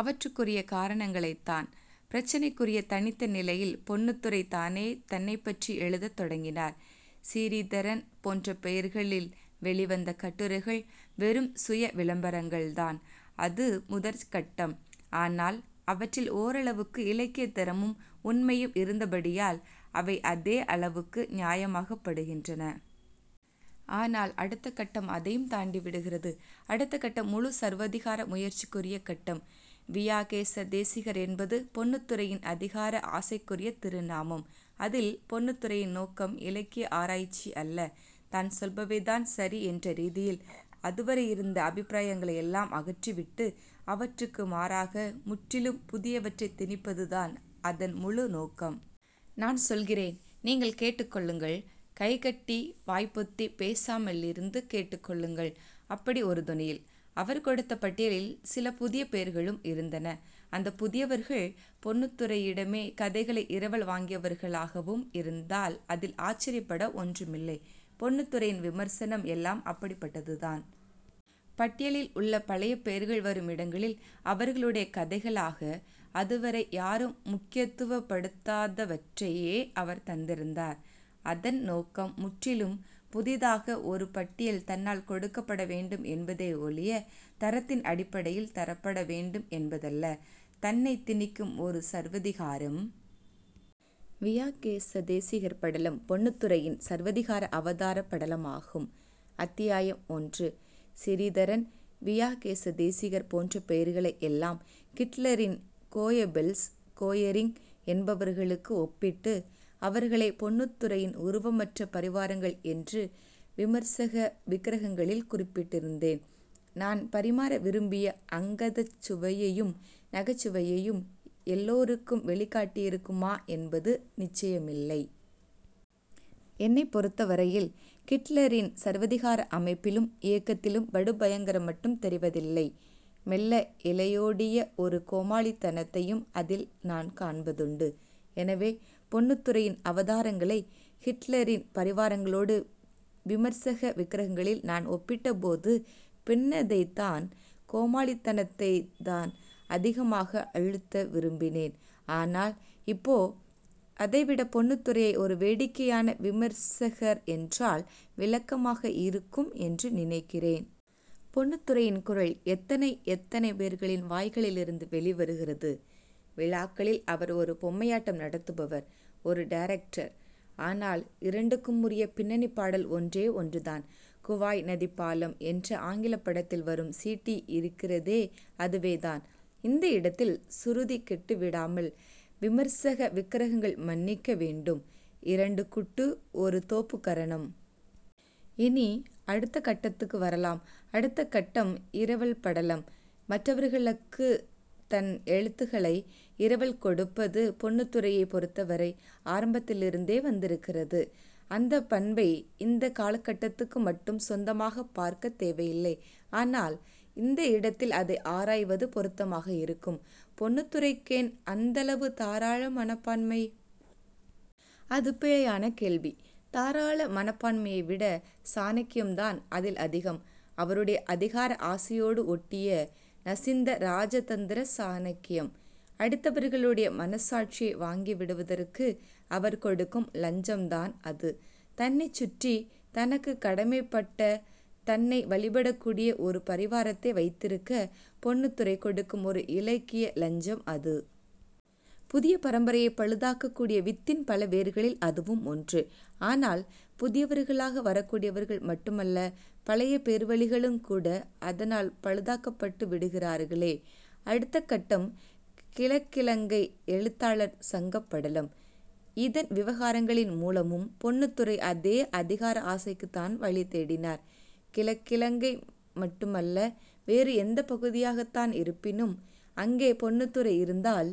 அவற்றுக்குரிய காரணங்களைத்தான். 'பிரச்சினைக்குரிய தனித்த நிலை'யில் பொன்னுத்துரை தானே தன்னைப்பற்றி எழுதத் தொடங்கினார், சிறீதரன் போன்ற பெயர்களில் வெளிவந்த கட்டுரைகள் வெறும் சுய விளம்பரங்கள்தான். அது முதற் கட்டம். ஆனால் அவற்றில் ஓரளவுக்கு இலக்கியத் தரமும் உண்மையும் இருந்தபடியால் அவை அதே அளவுக்கு நியாயமாகப் படுகின்றன. ஆனால் அடுத்த கட்டம் அதையும் தாண்டிவிடுகிறது. அடுத்த கட்டம் முழுச் சர்வாதிகார முயற்சிக்குரிய கட்டம். வியாகேச தேசிகர் என்பது பொன்னுத்துரையின் அதிகார ஆசைக்குரிய திருநாமம். அதில் பொன்னுத்துரையின் நோக்கம் இலக்கிய ஆராய்ச்சி அல்ல. தான் சொல்பவைதான் சரி என்ற ரீதியில், அதுவரை இருந்த அபிப்பிராயங்களையெல்லாம் அகற்றிவிட்டு அவற்றுக்கு மாறாக முற்றிலும் புதியவற்றை திணிப்பதுதான் அதன் முழு நோக்கம். நான் சொல்கிறேன், நீங்கள் கேட்டுக்கொள்ளுங்கள். கை கட்டி வாய் பொத்தி, பேசாமலிருந்து கேட்டுக்கொள்ளுங்கள், அப்படி ஒரு தொனியில். அவர் கொடுத்த பட்டியலில் சில புதிய பெயர்களும் இருந்தன. அந்தப் புதியவர்கள் பொன்னுத்துரையிடமே கதைகளை இரவல் வாங்கியவர்களாகவும் இருந்தால் அதில் ஆச்சரியப்பட ஒன்றுமில்லை. பொன்னுத்துரையின் விமர்சனம் எல்லாம் அப்படிப்பட்டதுதான். பட்டியலில் உள்ள பழைய பெயர்கள் வரும் இடங்களில் அவர்களுடைய கதைகளாக அதுவரை யாரும் முக்கியத்துவப்படுத்தாதவற்றையே அவர் தந்திருந்தார். அதன் நோக்கம் முற்றிலும் புதிதாக ஒரு பட்டியல் தன்னால் கொடுக்கப்பட வேண்டும் என்பதே ஒழிய, தரத்தின் அடிப்படையில் தரப்பட வேண்டும் என்பதல்ல. தன்னைத் திணிக்கும் ஒரு சர்வாதிகாரம். வியாகேசதேசிகர் படலம் பொன்னுத்துரையின் சர்வாதிகார அவதாரப் படலமாகும். அத்தியாயம் ஒன்று. சிறீதரன், வியாகேச தேசிகர் போன்ற பெயர்களை எல்லாம் ஹிட்லரின் கோயபெல்ஸ், கோயரிங் என்பவர்களுக்கு ஒப்பிட்டு அவர்களைப் பொன்னுத்துரையின் உருவமற்ற பரிவாரங்கள் என்று 'விமர்சக விக்கிரகங்களி'ல் குறிப்பிட்டிருந்தேன். நான் பரிமாற விரும்பிய அங்கதச் சுவையையும் நகைச்சுவையையும் எல்லோருக்கம் வெளிக்காட்டியிருக்குமா என்பது நிச்சயமில்லை. என்னைப் பொருத்தவரையில் ஹிட்லரின் சர்வதிகார அமைப்பிலும் இயக்கத்திலும் படுபயங்கரம் மட்டும் தெரிவதில்லை. மெல்ல இழையோடிய ஒரு கோமாளித்தனத்தையும் அதில் நான் காண்பதுண்டு. எனவே, பொன்னுத்துரையின் அவதாரங்களை ஹிட்லரின் பரிவாரங்களோடு 'விமர்சக விக்கிரகங்களி'ல் நான் ஒப்பிட்டபோது பின்னதைத்தான், கோமாளித்தனத்தைத் தான், அதிகமாக அழுத்த விரும்பினேன். ஆனால் இப்போ அதைவிட பொன்னுத்துரையை ஒரு வேடிக்கையான விமர்சகர் என்றால் விளக்கமாக இருக்கும் என்று நினைக்கிறேன். பொன்னுத்துரையின் குரல் எத்தனை எத்தனை பேர்களின் வாய்களிலிருந்து வெளிவருகிறது. விழாக்களில் அவர் ஒரு பொம்மையாட்டம் நடத்துபவர். ஒரு டைரக்டர். ஆனால் இரண்டுக்குமுரிய பின்னணிப் பாடல் ஒன்றே ஒன்றுதான்! 'குவாய் நதிப்பாலம்' என்ற ஆங்கிலப் படத்தில் வரும் சீட்டி இருக்கிறதே அதுவேதான். இந்த இடத்தில் சுருதி கெட்டுவிடாமல், விமர்சக விக்கிரகங்கள் மன்னிக்க வேண்டும், இரண்டு குட்டு, ஒரு தோப்புக்கரணம். இனி, அடுத்த கட்டத்துக்கு வரலாம். அடுத்த கட்டம் இரவல் படலம். மற்றவர்களக்குத் தன் எழுத்துகளை இரவல் கொடுப்பது பொன்னுத்துரையைப் பொறுத்தவரை ஆரம்பத்திலிருந்தே வந்திருக்கிறது. அந்தப் பண்பை இந்தக் காலகட்டத்துக்கு மட்டும் சொந்தமாகப் பார்க்கத் தேவையில்லை. ஆனால் இந்த இடத்தில் அதை ஆராய்வது பொருத்தமாக இருக்கும். பொன்னுத்துரைக்கேன் அந்தளவு தாராள மனப்பான்மை? அது பிழையான கேள்வி. தாராள மனப்பான்மையை விட சாணக்கியம்தான் அதில் அதிகம். அவருடைய அதிகார ஆசையோடு ஒட்டிய நசிந்த ராஜதந்திர சாணக்கியம். அடுத்தவர்களுடைய மனசாட்சியை வாங்கிவிடுவதற்கு அவர் கொடுக்கும் லஞ்சம்தான் அது. தன்னைச் சுற்றி, தனக்குக் கடமைப்பட்ட, தன்னை வழிபடக்கூடிய ஒரு பரிவாரத்தை வைத்திருக்க, பொன்னுத்துரை கொடுக்கும் ஒரு இலக்கிய லஞ்சம் அது. புதிய பரம்பரையைப் பழுதாக்கக் கூடிய வித்தின் பல வேர்களில் அதுவும் ஒன்று. ஆனால் புதியவர்களாக வரக்கூடியவர்கள் மட்டுமல்ல பழைய பேர்வழிகளுங்கூட அதனால் பழுதாக்கப்பட்டுவிடுகிறார்களே! அடுத்த கட்டம் கிழக்கிலங்கை எழுத்தாளர் சங்கப்படலம். இதன் விவகாரங்களின் மூலமும் பொன்னுத்துரை அதே அதிகார ஆசைக்குத்தான் வழிதேடினார். கிழக்கிலங்கை மட்டுமல்ல, வேறு எந்தப் பகுதியாகத்தான் இருப்பினும் அங்கே பொன்னுத்துரை இருந்தால்